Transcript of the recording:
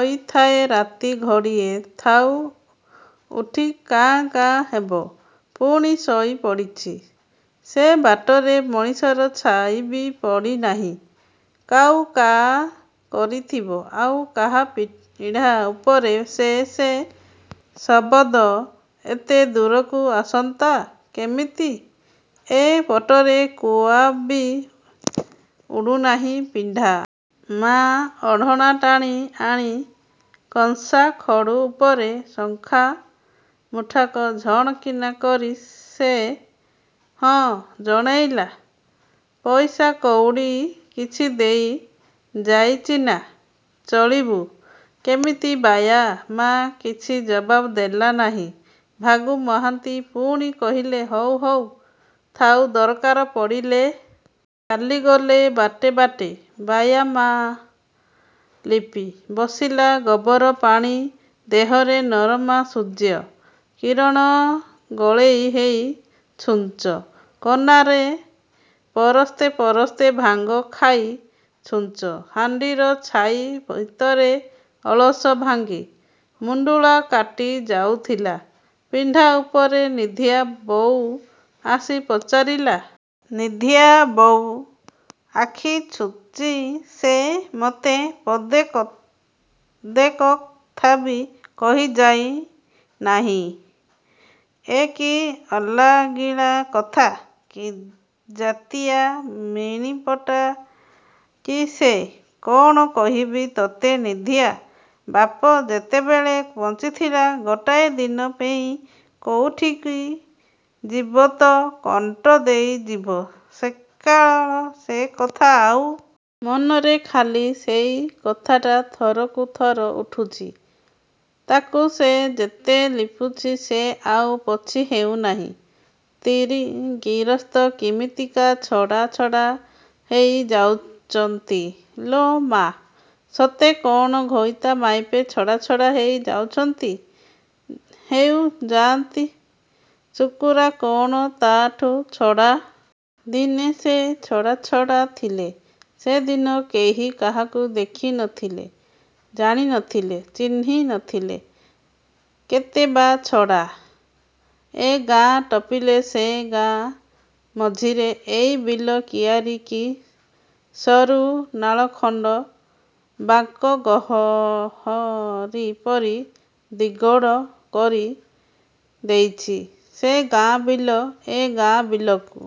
ଶୋଇଥାଏ ରାତି ଘଡ଼ିଏ ଥାଉ ଉଠି କାଁ କାଁ ହେବ, ପୁଣି ଶୋଇ ପଡ଼ିଚି। ସେ ବାଟରେ ମଣିଷର ଛାଇବି ପଡ଼ି ନାହିଁ। କାଉ କାଆ କରିଥିବ ଆଉ କାହା ପିଢ଼ା ଉପରେ। ସେ ସେ ଶବଦ ଏତେ ଦୂରକୁ ଆସନ୍ତା କେମିତି ଏ ପଟରେ କୁଆବି ଉଡୁନାହିଁ। ପିଣ୍ଡା ମା ଓଢ଼ଣା ଟାଣି ଆଣି, କଂସା ଖଡ଼ୁ ଉପରେ ଶଙ୍ଖା ମୁଠାକ ଝଣ କିନା କରି ସେ ହଁ’ ଜଣାଇଲା। ପଇସା କଉଡ଼ି କିଛି ଦେଇ ଯାଇଚିନା? ଚଳିବୁ କେମିତି? ବାୟା ମା କିଛି ଜବାବ ଦେଲା ନାହିଁ। ଭାଗୁ ମହାନ୍ତି ପୁଣି କହିଲେ ହୋଉ ହୋଉ, ଥାଉ ଦରକାର ପଡ଼ିଲେ ଚାଲିଗଲେ ବାଟେ ବାଟେ। ବାଇୟା ମା ଲିପି ବସିଲା। ଗୋବର ପାଣି ଦେହରେ ନରମା ସୂର୍ଯ୍ୟ କିରଣ ଗୋଳେଇ ହେଇ, ଛୁଞ୍ଚ କନାରେ ପରସ୍ତେ ପରସ୍ତେ ଭାଙ୍ଗ ଖାଇ, ଛୁଞ୍ଚ ହାଣ୍ଡିର ଛାଇ ଭିତରେ ଅଳସ ଭାଙ୍ଗି, ମୁଣ୍ଡୁଳା କାଟି ଯାଉଥିଲା ପିଣ୍ଡା ଉପରେ। ନିଧିଆ ବୋଉ ଆସି ପଚାରିଲା ନିଧିଆ ବୋଉ? ଆଖି ଛୁଚି ସେ ମୋତେ ପଦେକ ଦେକଥାବି କହି ଯାଇନାହିଁ ଏ କି ଅଲାଗିଳା କଥା! କିଜାତିଆ ମିଣିପଟା କି ସେ! କ'ଣ କହିବି ତତେ ନିଧିଆ ବାପ ଯେତେବେଳେ ବଞ୍ଚିଥିଲା ଗୋଟାଏ ଦିନ ପେଇଁ କୋଉଠିକି ଯିବ ତ କଣ୍ଟ ଦେଇଯିବ ସେକାଳ ସେ କଥା ଆଉ ମନରେ ଖାଲି ସେଇ କଥାଟା ଥରକୁଥର ଉଠୁଛି। ତାକୁ ସେ ଯେତେ ଲିପୁଛି, ସେ ଆଉ ପୋଛି ହେଉନାହିଁ“ସ୍ତିରୀ ଗିରସ୍ତ କିମିତିକା ଛଡ଼ା ଛଡ଼ା ହେଇ ଯାଉଚନ୍ତି ଲୋ ମା!”ସତେ କ'ଣ ଘଇତା ମାଇପେ ଛଡ଼ା ଛଡ଼ା ହେଇ ଯାଉଚନ୍ତି? ହେଉ ଯାଆନ୍ତି? ଶୁକୁରା କ'ଣ ତା'ଠୁ ଛଡ଼ା? ଦିନେ ସେ ଛଡ଼ା ଛଡ଼ା ଥିଲେ। ସେ ଦିନ କେହି କାହାକୁ ଦେଖି ନଥିଲେ ଜାଣି ନଥିଲେ ଚିହ୍ନି ନଥିଲେ। କେତେ ବା ଛଡ଼ା? ଏ ଗାଁ ଟପିଲେ ସେ ଗାଁ। ମଝିରେ ଏଇ ବିଲ କିଆରିକି? ସରୁ ନାଳଖଣ୍ଡ ବାଙ୍କ ଗୋହହରି ପରି। ଦିଗଡ଼ କରି ଦେଇଛି ସେ ଗାଁ ବିଲ, ଏ ଗାଁ ବିଲକୁ।